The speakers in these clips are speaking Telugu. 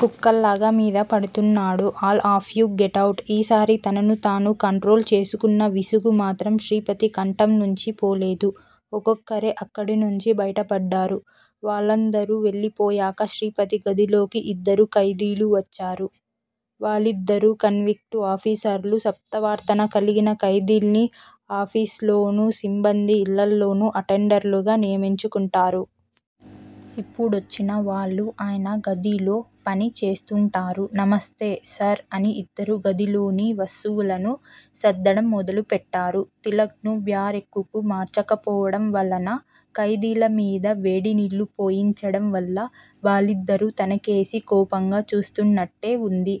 కుక్కలాగా మీద పడుతున్నాడు. All of you get out ఈసారి తనను తాను కంట్రోల్ చేసుకున్న విసుగు మాత్రం శ్రీపతి కంఠం నుంచి పోలేదు. ఒక్కొక్కరే అక్కడినుంచి బయటపడ్డారు. వాళ్ళందరూ వెళ్ళిపోయాక శ్రీపతి గదిలోకి ఇద్దరు ఖైదీలు వచ్చారు. వాళ్ళిద్దరూ కన్విక్టు ఆఫీసర్లు. సత్ప్రవర్తన కలిగిన ఖైదీల్ని ఆఫీసుల్లోనూ, సిబ్బంది ఇళ్ళలోనూ అటెండర్లు గా నియమించుకుంటారు. ఇప్పుడొచ్చిన వాళ్ళు ఆయన గదిలో పని చేస్తుంటారు. నమస్తే సార్ అని ఇద్దరూ గదిలోని వస్తువులను సర్దడం మొదలుపెట్టారు. తిలక్ ను బ్యారెక్కుకు మార్చకపోవడం వలన, ఖైదీల మీద వేడినీళ్ళు పోయించడం వల్ల వాళ్ళిద్దరూ తనకేసి కోపంగా చూస్తున్నట్టే వుంది.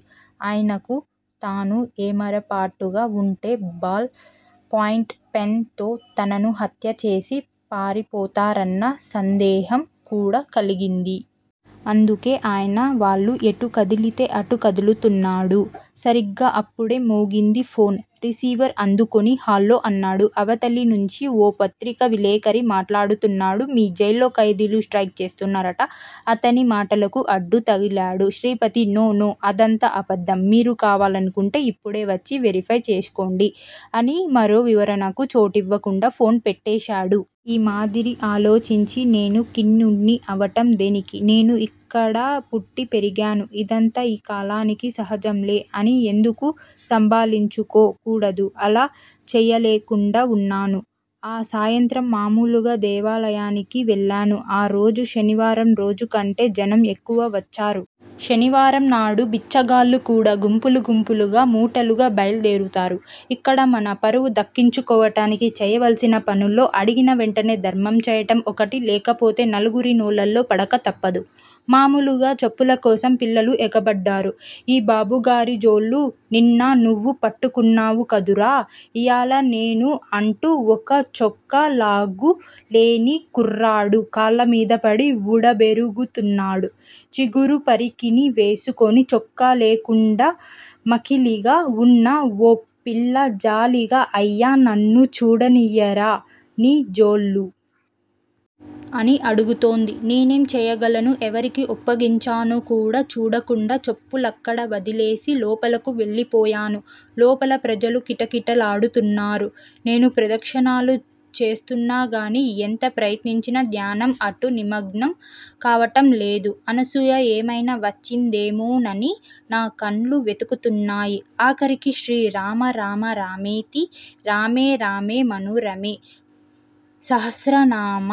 ఆయనకు. తను ఏమరపాటుగా వుంటే బాల్ పాయింట్ పెన్ తో తనను హత్యచేసి పారిపోతారన్న సందేహం కూడా కలిగింది. అందుకే ఆయన వాళ్ళు ఎటు కదిలితే అటు కదులుతున్నాడు. సరిగ్గా అప్పుడే మోగింది ఫోన్. రిసీవర్ అందుకుని హలో అన్నాడు. అవతలి నుంచి ఓ పత్రికా విలేఖరి మాట్లాడుతున్నాడు మీ జైల్లో ఖైదీలు స్ట్రయిక్ చేస్తున్నారట అతని మాటలకు అడ్డు తగిలాడు శ్రీపతి. నో నో అదంతా అబద్ధం మీరు కావాలనుకుంటే ఇప్పుడే వచ్చి వెరిఫై చేసుకోండి అని మరో వివరణకు చోటివ్వకుండా ఫోన్ పెట్టేశాడు. ఈ మాదిరి ఆలోచించి నేను ఖిన్నుడ్ని అవటం దేనికి? నేను ఇక్కడ పుట్టి పెరిగాను. ఇదంతా ఈ కాలానికి సహజంలే, అని ఎందుకు సంభాళించుకో కూడదు? అలా చేయలేకుండా వున్నాను. ఆ సాయంత్రం మామూలుగా దేవాలయానికి వెళ్ళాను. ఆ రోజు శనివారం రోజూకంటే జనం ఎక్కువ వచ్చారు. శనివారం నాడు బిచ్చగాళ్ళు కూడా గుంపులు గుంపులుగా, ముఠాలుగా బయల్దేరతారు. యిక్కడ మన పరువు దక్కించుకోవటానికి చేయవలసిన పనుల్లో అడిగిన వెంటనే ధర్మం చేయటం ఒకటి. లేకపోతే నలుగురి నోళ్లలో పడక తప్పదు. మామూలుగా చెప్పుల కోసం పిల్లలు ఎగబడ్డారు. 'ఈ బాబుగారి జోళ్ళు నిన్న నువ్వు పట్టుకొన్నావు కదురా, ఇయాల నేను' అంటూ ఒక చొక్కా లాగు లేని కుర్రాడు కాళ్ళమీదపడి వూడబెరుకుతున్నాడు చిరుగు పరికిణీ వేసుకుని చొక్కాలేకుండా మకిలిగా వున్న ఓ పిల్ల జాలిగా 'అయ్యా, నన్ను చూడనియ్యరా నీ జోళ్ళు? ' అని అడుగుతోంది. నేనేం చేయగలను? ఎవరికి ఒప్పగించానో కూడా చూడకుండా చెప్పులక్కడ వదిలేసి లోపలకు వెళ్ళి పోయాను. లోపల ప్రజలు కిటకిటలాడుతున్నారు. నేను ప్రదక్షిణలు చేస్తున్నాగాని ఎంత ప్రయత్నించినా ధ్యానం అటు నిమగ్నం కావటంలేదు. అనసూయ యేమైనా వచ్చిందేమోనని నా కళ్ళు వెతుకుతున్నాయి. ఆఖరికి 'శ్రీ రామ రామ రామేతి రమే రమే మనోరమే సహస్రనామ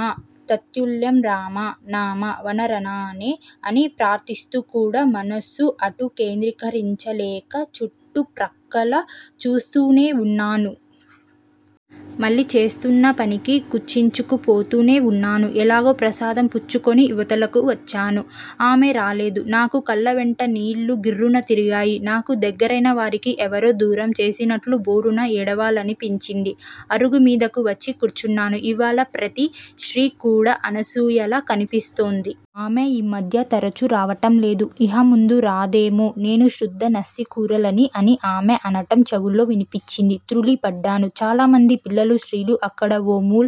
తత్తుల్యం రామ నామ వరాననే' అని ప్రార్ధిస్తూ కూడా మనసు అటు కేంద్రీకరించలేక చుట్టు ప్రక్కల చూస్తూనే వున్నాను. మళ్ళీ చేస్తున్నపనికి కుచించుకుపోతూనే వున్నాను. ఎలాగో ప్రసాదం పుచ్చుకొని ఇవతలకు వచ్చాను. ఆమె రాలేదు. నాకు కళ్ళవెంట నీళ్ళు గిర్రున తిరిగాయి. నాకు దగ్గరైన వారిని ఎవరో దూరం చేసినట్లు భోరున ఏడవాలనిపించింది. అరుగు మీదకు వచ్చి కూర్చున్నాను. ఇవ్వాళ ప్రతిశ్రీ కూడ అనసూయలా కన్పిస్తోంది. ఆమె ఈ మధ్య తరచు రావటంలేదు, ఇహ ముందు రాదేమో నేను శుద్ద నాస్తికురాలిని అని ఆమె అనటం చెవుల్లో వినిపించి త్రుళ్ళి పడ్డాను. చాలామంది పిల్లలు, స్త్రీలు అక్కడ ఓ మూల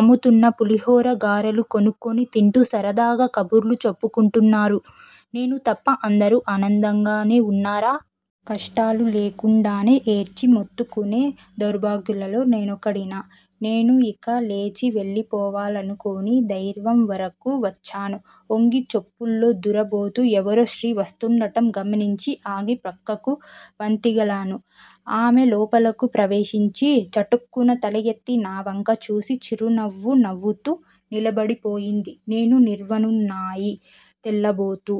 అమ్ముతున్న పులిహార, గారెలు కొనుక్కొని తింటూ సరదాగా కబుర్లు చెప్పుకొంటున్నారు. నేను తప్ప అందరూ ఆనందంగానే వున్నారా? కష్టాలు లేకుండానే ఏడ్చి మొత్తుకొనే దౌర్భాగ్యులలో నేనొకడినా? నేను యిక లేచి వెళ్ళిపోవాలనుకొని ద్వారం వరకూ వచ్చాను. ఒంగి చెప్పుల్లో దూర బోతూ ఎవరో స్త్రీ వస్తూండటం గమనించి ఆగి ప్రక్కకు వత్తిగిలాను. ఆమె లోపలకు ప్రవేశించి చటుక్కున తలయెత్తి నావంక చూసి చిరునవ్వు నవ్వుతూ నిలబడిపోయింది. నేను నిర్విన్నున్నయి తెల్లబోతూ